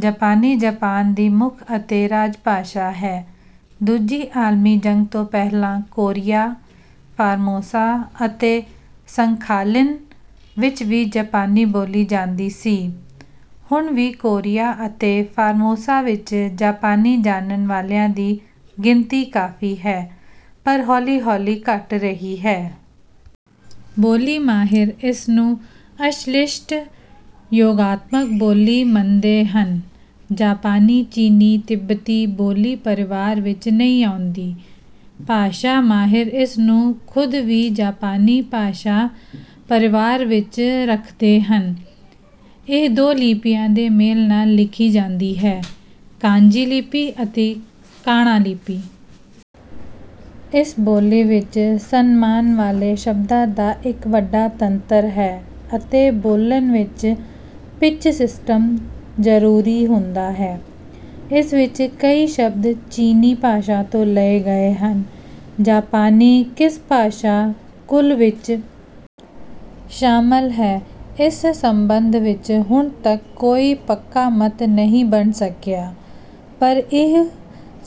ਜਪਾਨੀ ਜਪਾਨ ਦੀ ਮੁੱਖ ਅਤੇ ਰਾਜਭਾਸ਼ਾ ਹੈ। ਦੂਜੀ ਆਲਮੀ ਜੰਗ ਤੋਂ ਪਹਿਲਾਂ ਕੋਰੀਆ, ਫਾਰਮੋਸਾ ਅਤੇ ਸਖਾਲਿਨ ਵਿੱਚ ਵੀ ਜਾਪਾਨੀ ਬੋਲੀ ਜਾਂਦੀ ਸੀ। ਹੁਣ ਵੀ ਕੋਰੀਆ ਅਤੇ ਫਾਰਮੋਸਾ ਵਿੱਚ ਜਾਪਾਨੀ ਜਾਨਣ ਵਾਲਿਆਂ ਦੀ ਗਿਣਤੀ ਕਾਫ਼ੀ ਹੈ ਪਰ ਹੌਲੀ-ਹੌਲੀ ਘੱਟ ਰਹੀ ਹੈ। ਬੋਲੀ ਮਾਹਿਰ ਇਸਨੂੰ ਅਸ਼ਲਿਸ਼ਟ-ਯੋਗਾਤਮਕ ਬੋਲੀ ਮੰਨਦੇ ਹਨ। ਜਾਪਾਨੀ ਚੀਨੀ-ਤਿੱਬਤੀ ਬੋਲੀ-ਪਰਵਾਰ ਵਿੱਚ ਨਹੀਂ ਆਉਂਦੀ। ਭਾਸ਼ਾ ਮਾਹਿਰ ਇਸਨੂੰ ਖ਼ੁਦ ਵੀ ਜਾਪਾਨੀ ਭਾਸ਼ਾ-ਪਰਵਾਰ ਵਿੱਚ ਰੱਖਦੇ ਹਨ। ਇਹ ਦੋ ਲਿਪੀਆਂ ਦੇ ਮੇਲ ਨਾਲ ਲਿਖੀ ਜਾਂਦੀ ਹੈ। ਕਾਂਜੀ ਲਿਪੀ ਅਤੇ ਕਾਣਾ ਲਿਪੀ। ਇਸ ਬੋਲੀ ਵਿੱਚ ਸਨਮਾਨ ਵਾਲੇ ਸ਼ਬਦਾਂ ਦਾ ਇੱਕ ਵੱਡਾ ਤੰਤਰ ਹੈ ਅਤੇ ਬੋਲਣ ਵਿੱਚ ਪਿਚ-ਸਿਸਟਮ ਜ਼ਰੂਰੀ ਹੁੰਦਾ ਹੈ। ਇਸ ਵਿੱਚ ਕਈ ਸ਼ਬਦ ਚੀਨੀ ਭਾਸ਼ਾ ਤੋਂ ਲਏ ਗਏ ਹਨ। ਜਾਪਾਨੀ ਕਿਸ ਭਾਸ਼ਾ ਕੁਲ ਵਿੱਚ ਸ਼ਾਮਲ ਹੈ ਇਸ ਸਬੰਧ ਵਿੱਚ ਹੁਣ ਤੱਕ ਕੋਈ ਪੱਕਾ ਮਤ ਨਹੀਂ ਬਣ ਸਕਿਆ ਪਰ ਇਹ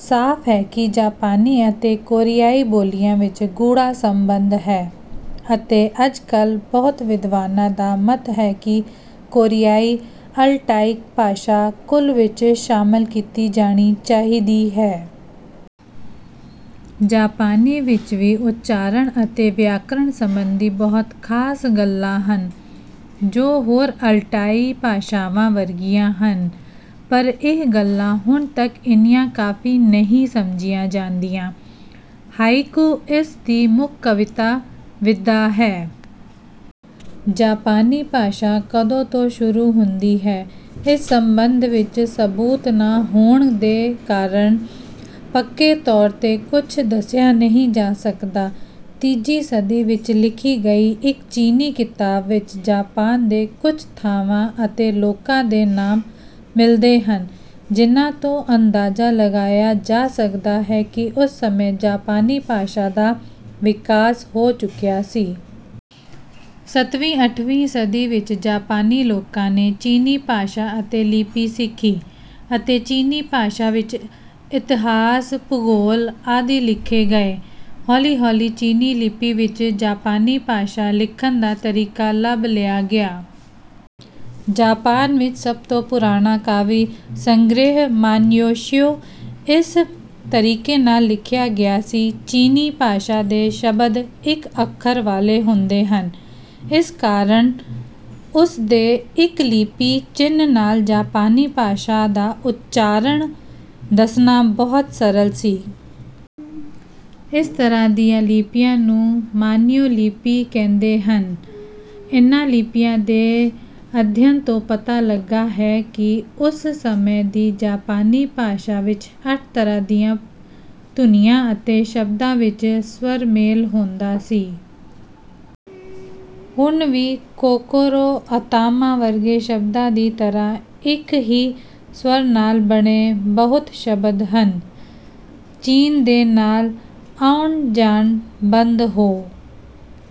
ਸਾਫ਼ ਹੈ ਕਿ ਜਾਪਾਨੀ ਅਤੇ ਕੋਰੀਆਈ ਬੋਲੀਆਂ ਵਿੱਚ ਗੂੜ੍ਹਾ ਸਬੰਧ ਹੈ ਅਤੇ ਅੱਜਕੱਲ੍ਹ ਬਹੁਤ ਵਿਦਵਾਨਾਂ ਦਾ ਮਤ ਹੈ ਕਿ ਕੋਰੀਆਈ ਅਲਟਾਇਕ ਭਾਸ਼ਾ ਕੁਲ ਵਿੱਚ ਸ਼ਾਮਲ ਕੀਤੀ ਜਾਣੀ ਚਾਹੀਦੀ ਹੈ। ਜਾਪਾਨੀ ਵਿੱਚ ਵੀ ਉੱਚਾਰਣ ਅਤੇ ਵਿਆਕਰਨ ਸੰਬੰਧੀ ਬਹੁਤ ਖ਼ਾਸ ਗੱਲਾਂ ਹਨ ਜੋ ਹੋਰ ਅਲਟਾਇ ਭਾਸ਼ਾਵਾਂ ਵਰਗੀਆਂ ਹਨ ਪਰ ਇਹ ਗੱਲਾਂ ਹੁਣ ਤੱਕ ਇੰਨੀਆਂ ਕਾਫ਼ੀ ਨਹੀਂ ਸਮਝੀਆਂ ਜਾਂਦੀਆਂ। ਹਾਇਕੂ ਇਸ ਦੀ ਮੁੱਖ ਕਵਿਤਾ ਵਿਧਾ ਹੈ। ਜਾਪਾਨੀ ਭਾਸ਼ਾ ਕਦੋਂ ਤੋਂ ਸ਼ੁਰੂ ਹੁੰਦੀ ਹੈ ਇਸ ਸਬੰਧ ਵਿੱਚ ਸਬੂਤ ਨਾ ਹੋਣ ਦੇ ਕਾਰਨ ਪੱਕੇ ਤੌਰ ਤੇ ਕੁੱਝ ਦੱਸਿਆ ਨਹੀਂ ਜਾ ਸਕਦਾ। ਤੀਜੀ ਸਦੀ ਵਿੱਚ ਲਿਖੀ ਗਈ ਇੱਕ ਚੀਨੀ ਕਿਤਾਬ ਵਿੱਚ ਜਾਪਾਨ ਦੇ ਕੁੱਝ ਥਾਵਾਂ ਅਤੇ ਲੋਕਾਂ ਦੇ ਨਾਮ ਮਿਲਦੇ ਹਨ ਜਿਹਨਾਂ ਤੋਂ ਅੰਦਾਜ਼ਾ ਲਗਾਇਆ ਜਾ ਸਕਦਾ ਹੈ ਕਿ ਉਸ ਸਮੇਂ ਜਾਪਾਨੀ ਭਾਸ਼ਾ ਦਾ ਵਿਕਾਸ ਹੋ ਚੁੱਕਿਆ ਸੀ। ਸੱਤਵੀਂ ਅੱਠਵੀਂ ਸਦੀ ਵਿੱਚ ਜਾਪਾਨੀ ਲੋਕਾਂ ਨੇ ਚੀਨੀ ਭਾਸ਼ਾ ਅਤੇ ਲਿਪੀ ਸਿੱਖੀ ਅਤੇ ਚੀਨੀ ਭਾਸ਼ਾ ਵਿੱਚ ਇਤਹਾਸ, ਭੂਗੋਲ ਆਦਿ ਲਿਖੇ ਗਏ। ਹੌਲੀ-ਹੌਲੀ ਚੀਨੀ ਲਿਪੀ ਵਿੱਚ ਜਾਪਾਨੀ ਭਾਸ਼ਾ ਲਿਖਣ ਦਾ ਤਰੀਕਾ ਲੱਭ ਲਿਆ ਗਿਆ। ਜਾਪਾਨ ਵਿੱਚ ਸਭ ਤੋਂ ਪੁਰਾਣਾ ਕਾਵਿ-ਸੰਗ੍ਰਿਹ ਮਾਨਯੋਸ਼ਿਊ ਇਸ ਤਰੀਕੇ ਨਾਲ ਲਿਖਿਆ ਗਿਆ ਸੀ। ਚੀਨੀ ਭਾਸ਼ਾ ਦੇ ਸ਼ਬਦ ਇੱਕ ਅੱਖਰ ਵਾਲੇ ਹੁੰਦੇ ਹਨ। ਇਸ ਕਾਰਨ ਉਸ ਦੇ ਇੱਕ ਲਿਪੀ ਚਿਹਨ ਨਾਲ ਜਾਪਾਨੀ ਭਾਸ਼ਾ ਦਾ ਉੱਚਾਰਣ ਦੱਸਣਾ ਬਹੁਤ ਸਰਲ ਸੀ। ਇਸ ਤਰ੍ਹਾਂ ਦੀਆਂ ਲਿਪੀਆਂ ਨੂੰ ਮਾਨਿਯੋ ਲਿਪੀ ਕਹਿੰਦੇ ਹਨ। ਇਨ੍ਹਾਂ ਲਿਪੀਆਂ ਦੇ ਅਧਿਅਨ ਤੋਂ ਪਤਾ ਲੱਗਾ ਹੈ ਕਿ ਉਸ ਸਮੇਂ ਦੀ ਜਾਪਾਨੀ ਭਾਸ਼ਾ ਵਿੱਚ ਅੱਠ ਤਰ੍ਹਾਂ ਦੀਆਂ ਧੁਨੀਆਂ ਅਤੇ ਸ਼ਬਦਾਂ ਵਿੱਚ ਸਵਰ ਮੇਲ ਹੁੰਦਾ ਸੀ। ਹੁਣ ਵੀ ਕੋਕੋਰੋ, ਅਤਾਮਾ ਵਰਗੇ ਸ਼ਬਦਾਂ ਦੀ ਤਰ੍ਹਾਂ ਇੱਕ ਹੀ ਸਵਰ ਨਾਲ ਬਣੇ ਬਹੁਤ ਸ਼ਬਦ ਹਨ। ਚੀਨ ਦੇ ਨਾਲ ਆਉਣ ਜਾਣ ਬੰਦ ਹੋ